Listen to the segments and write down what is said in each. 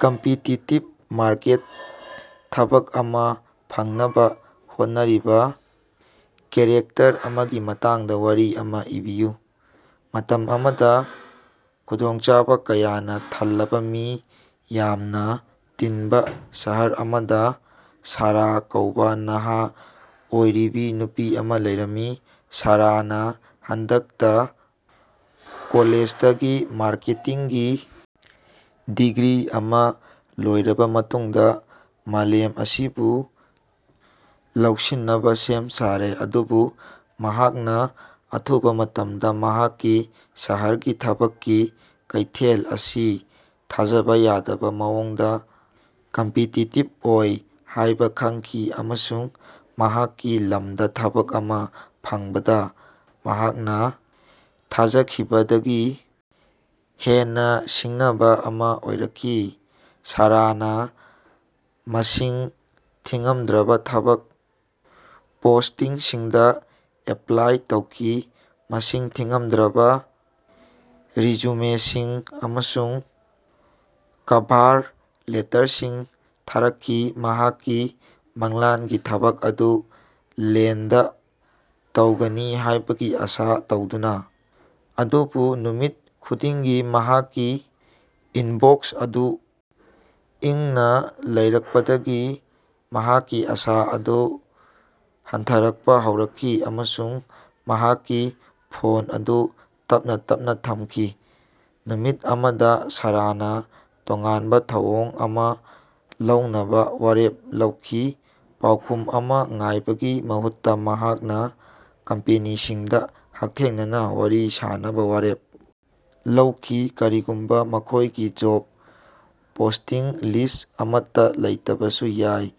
Competitive ꯃꯥꯔꯀꯦꯠꯇ ꯊꯕꯛ ꯑꯃ ꯐꯪꯅꯕ ꯍꯣꯠꯅꯔꯤꯕ ꯀꯦꯔꯦꯛꯇꯔ ꯑꯃꯒꯤ ꯃꯇꯥꯡꯗ ꯋꯥꯔꯤ ꯑꯃ ꯏꯕꯤꯌꯨ꯫ ꯃꯇꯝ ꯑꯃꯗ ꯈꯨꯗꯣꯡꯆꯥꯕ ꯀꯌꯥꯅ ꯊꯜꯂꯕ ꯃꯤ ꯌꯥꯝꯅ ꯇꯤꯅꯕ ꯁꯍꯔ ꯑꯃꯗ ꯁꯥꯔꯥ ꯀꯧꯕ ꯅꯍꯥ ꯑꯣꯏꯔꯤꯕꯤ ꯅꯨꯄꯤ ꯑꯃ ꯂꯩꯔꯝꯃꯤ꯫ ꯁꯥꯔꯥꯅ ꯍꯟꯗꯛꯇ ꯀꯣꯂꯦꯖꯇꯒꯤ ꯃꯥꯔꯀꯦꯇꯤꯡꯒꯤ ꯗꯤꯒ꯭ꯔꯤ ꯑꯃ ꯂꯣꯏꯔꯕ ꯃꯇꯨꯡꯗ ꯃꯥꯂꯦꯝ ꯑꯁꯤꯕꯨ ꯂꯧꯁꯤꯟꯅꯕ ꯁꯦꯝ ꯁꯥꯔꯦ꯫ ꯑꯗꯨꯕꯨ ꯃꯍꯥꯛꯅ ꯑꯊꯨꯕ ꯃꯇꯝꯗ ꯃꯍꯥꯛꯀꯤ ꯁꯍꯔꯒꯤ ꯊꯕꯛꯀꯤ ꯀꯩꯊꯦꯜ ꯑꯁꯤ ꯊꯥꯖꯕ ꯌꯥꯗꯕ ꯃꯑꯣꯡꯗ ꯀꯝꯄꯤꯇꯤꯇꯤꯕ ꯑꯣꯏ ꯍꯥꯢꯕ ꯈꯪꯈꯤ, ꯑꯃꯁꯨꯡ ꯃꯍꯥꯛꯀꯤ ꯂꯝꯗ ꯊꯕꯛ ꯑꯃ ꯐꯪꯕꯗ ꯃꯍꯥꯛꯅ ꯊꯥꯖꯈꯤꯕꯗꯒꯤ ꯍꯦꯟꯅ ꯁꯤꯡꯅꯕ ꯑꯃ ꯑꯣꯏꯔꯛꯀꯅꯤ꯫ ꯁꯥꯔꯥꯅ ꯃꯁꯤꯡ ꯊꯤꯉꯝꯗ꯭ꯔꯕ ꯊꯕꯛ ꯄꯣꯁꯇꯤꯡꯁꯤꯡꯗ ꯑꯦꯞꯄ꯭ꯂꯥꯏ ꯇꯧꯈꯤ, ꯃꯁꯤꯡ ꯊꯤꯉꯝꯗ꯭ꯔꯕ ꯔꯤꯖꯨꯃꯦꯁꯤꯡ ꯑꯃꯁꯨꯡ ꯀꯚꯥꯔ ꯂꯦꯇꯔꯁꯤꯡ ꯊꯥꯔꯛꯈꯤ, ꯃꯍꯥꯛꯀꯤ ꯃꯪꯂꯥꯟꯒꯤ ꯊꯕꯛ ꯑꯗꯨ ꯂꯦꯟꯗ ꯇꯧꯒꯅꯤ ꯍꯥꯢꯕꯒꯤ ꯑꯁꯥ ꯇꯧꯗꯨꯅ꯫ ꯑꯗꯨꯕꯨ ꯅꯨꯃꯤꯠ ꯈꯨꯗꯤꯡꯒꯤ ꯃꯍꯥꯛꯀꯤ ꯏꯟꯕꯣꯛꯁ ꯑꯗꯨ ꯏꯪꯅ ꯂꯩꯔꯛꯄꯗꯒꯤ ꯃꯍꯥꯛꯀꯤ ꯑꯁꯥ ꯑꯗꯨ ꯍꯟꯊꯔꯛꯄꯥ ꯍꯧꯔꯛꯈꯤ, ꯑꯃꯁꯨꯡ ꯃꯍꯥꯛꯀꯤ ꯐꯣꯟ ꯑꯗꯨ ꯇꯞꯅꯥ ꯇꯞꯅꯥ ꯊꯝꯈꯤ꯫ ꯅꯨꯃꯤꯠ ꯑꯃꯗ ꯁꯥꯔꯥꯅ ꯇꯣꯉꯥꯟꯕ ꯊꯧꯑꯣꯡ ꯑꯃ ꯂꯧꯅꯕ ꯋꯥꯔꯦꯞ ꯂꯧꯈꯤ꯫ ꯄꯥꯎꯈꯨꯝ ꯑꯃ ꯉꯥꯏꯕꯒꯤ ꯃꯍꯨꯠꯇ ꯃꯍꯥꯛꯅ ꯀꯝꯄꯦꯅꯤꯁꯤꯡꯗ ꯍꯛꯊꯦꯡꯅꯅꯥ ꯋꯥꯔꯤ ꯁꯥꯅꯕ ꯋꯥꯔꯦꯞ ꯂꯧꯈꯤ꯫ ꯀꯔꯤꯒꯨꯝꯕ ꯃꯈꯣꯢꯒꯤ ꯖꯣꯕ ꯄꯣꯁꯇꯤꯡ ꯂꯤꯁ ꯑꯃꯠꯇ ꯂꯩꯇꯕꯁꯨ ꯌꯥꯏ꯫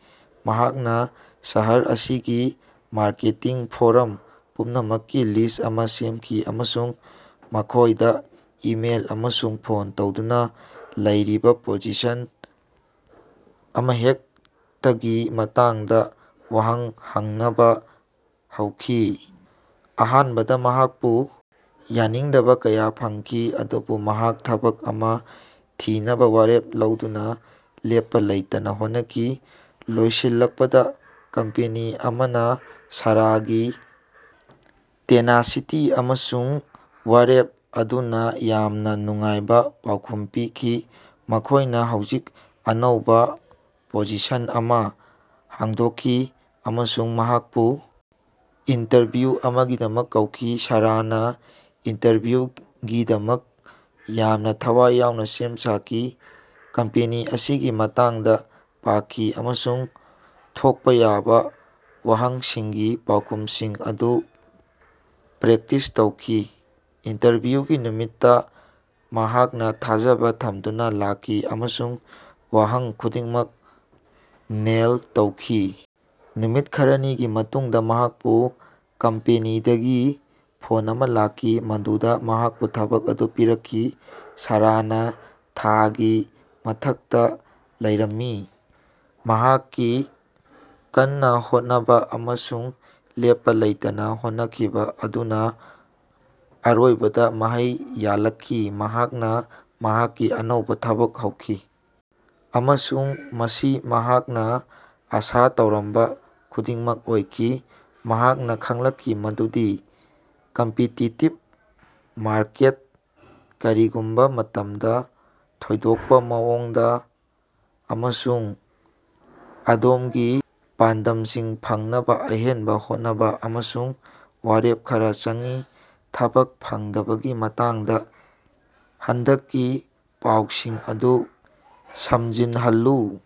ꯃꯍꯥꯛꯅ ꯁꯍꯔ ꯑꯁꯤꯒꯤ ꯃꯥꯔꯀꯦꯇꯤꯡ ꯐꯣꯔꯝ ꯄꯨꯝꯅꯃꯛꯀꯤ ꯂꯤꯁ ꯑꯃ ꯁꯦꯝꯈꯤ ꯑꯃꯁꯨꯡ ꯃꯈꯣꯢꯗ ꯏꯃꯦꯜ ꯑꯃꯁꯨꯡ ꯐꯣꯟ ꯇꯧꯗꯨꯅ ꯂꯩꯔꯤꯕ ꯄꯣꯖꯤꯁꯟ ꯑꯃꯍꯦꯛꯇꯒꯤ ꯃꯇꯥꯡꯗ ꯋꯍꯪ ꯍꯪꯅꯕ ꯍꯧꯈꯤ꯫ ꯑꯍꯥꯟꯕꯗ ꯃꯍꯥꯛꯄꯨ ꯌꯥꯅꯤꯡꯗꯕꯥ ꯀꯌꯥ ꯐꯪꯈꯤ꯫ ꯑꯗꯨꯕꯨ ꯃꯍꯥꯛ ꯊꯕꯛ ꯑꯃ ꯊꯤꯅꯕ ꯋꯥꯔꯦꯞ ꯂꯧꯗꯨꯅ ꯂꯦꯞꯄ ꯂꯩꯇꯅ ꯍꯣꯠꯅꯈꯤ꯫ ꯂꯣꯏꯁꯤꯜꯂꯛꯄꯗ ꯀꯝꯄꯦꯅꯤ ꯑꯃꯅ ꯁꯥꯔꯥꯒꯤ ꯇꯦꯅꯥꯁꯤꯇꯤ ꯑꯃꯁꯨꯡ ꯋꯥꯔꯦꯞ ꯑꯗꯨꯅ ꯌꯥꯝꯅ ꯅꯨꯡꯉꯥꯏꯅ ꯄꯥꯎꯈꯨꯝ ꯄꯤꯈꯤ꯫ ꯃꯈꯣꯢꯅ ꯍꯧꯖꯤꯛ ꯑꯅꯧꯕ ꯄꯣꯖꯤꯁꯟ ꯑꯃ ꯍꯥꯡꯗꯣꯛꯈꯤ ꯑꯃꯁꯨꯡ ꯃꯍꯥꯛꯄꯨ ꯏꯟꯇꯔꯚ꯭ꯌꯨ ꯑꯃꯒꯤꯗꯃꯛ ꯀꯧꯈꯤ꯫ ꯁꯥꯔꯥꯅ ꯏꯟꯇꯔꯚ꯭ꯌꯨꯒꯤꯗꯃꯛ ꯌꯥꯝꯅ ꯊꯋꯥꯏ ꯌꯥꯎꯅ ꯁꯦꯝ ꯁꯥꯈꯤ꯫ ꯀꯝꯄꯦꯅꯤ ꯑꯁꯤꯒꯤ ꯃꯇꯥꯡꯗ ꯄꯥꯈꯤ ꯑꯃꯁꯨꯡ ꯊꯣꯛꯄꯥ ꯌꯥꯕ ꯋꯥꯍꯪꯁꯤꯡꯒꯤ ꯄꯥꯎꯈꯨꯃꯁꯤꯡ ꯑꯗꯨ ꯄ꯭ꯔꯦꯛꯇꯤꯁ ꯇꯧꯈꯤ꯫ ꯏꯟꯇꯔꯚ꯭ꯌꯨꯒꯤ ꯅꯨꯃꯤꯠꯇ ꯃꯍꯥꯛꯅ ꯊꯥꯖꯕ ꯊꯝꯗꯨꯅ ꯂꯥꯛꯈꯤ, ꯑꯃꯁꯨꯡ ꯋꯥꯍꯪ ꯈꯨꯗꯤꯡꯃꯛ ꯅꯦꯜ ꯇꯧꯈꯤ꯫ ꯅꯨꯃꯤꯠ ꯈꯔꯥꯅꯤꯒꯤ ꯃꯇꯨꯡꯗ ꯃꯍꯥꯛꯄꯨ ꯀꯝꯄꯦꯅꯤꯗꯒꯤ ꯐꯣꯟ ꯑꯃ ꯂꯥꯛꯈꯤ꯫ ꯃꯗꯨꯗ ꯃꯍꯥꯛꯄꯨ ꯊꯕꯛ ꯑꯗꯨ ꯄꯤꯔꯛꯈꯤ꯫ ꯁꯥꯔꯥꯅ ꯊꯥꯒꯤ ꯃꯊꯛꯇ ꯂꯩꯔꯝꯃꯤ, ꯃꯍꯥꯛꯀꯤ ꯀꯟꯅ ꯍꯣꯠꯅꯕ ꯑꯃꯁꯨꯡ ꯂꯦꯞꯄ ꯂꯩꯇꯅ ꯍꯣꯠꯅꯈꯤꯕ ꯑꯗꯨꯅ ꯑꯔꯣꯏꯕꯗ ꯃꯍꯩ ꯌꯥꯜꯂꯛꯈꯤ꯫ ꯃꯍꯥꯛꯅ ꯃꯍꯥꯛꯀꯤ ꯑꯅꯧꯕ ꯊꯕꯛ ꯍꯧꯈꯤ, ꯑꯃꯁꯨꯡ ꯃꯁꯤ ꯃꯍꯥꯛꯅ ꯑꯁꯥ ꯇꯧꯔꯝꯕ ꯈꯨꯗꯤꯡꯃꯛ ꯑꯣꯏꯈꯤ꯫ ꯃꯍꯥꯛꯅ ꯈꯪꯂꯛꯈꯤ ꯃꯗꯨꯗꯤ, ꯀꯝꯄꯤꯇꯤꯇꯤꯕ ꯃꯥꯔꯀꯦꯠꯇ, ꯀꯔꯤꯒꯨꯝꯕ ꯃꯇꯝꯗ ꯊꯣꯏꯗꯣꯛꯄ ꯃꯑꯣꯡꯗ ꯑꯃꯁꯨꯡ ꯑꯗꯣꯝꯒꯤ ꯄꯥꯟꯗꯝꯁꯤꯡ ꯐꯪꯅꯕ ꯑꯍꯦꯟꯕ ꯍꯣꯠꯅꯕ ꯑꯃꯁꯨꯡ ꯋꯥꯔꯦꯞ ꯈꯔꯥ ꯆꯪꯏ꯫ ꯊꯕꯛ ꯐꯪꯗꯕꯒꯤ ꯃꯇꯥꯡꯗ ꯍꯟꯗꯛꯀꯤ ꯄꯥꯎꯁꯤꯡ ꯑꯗꯨ ꯁꯝꯖꯤꯟꯅꯍꯜꯂꯨ꯫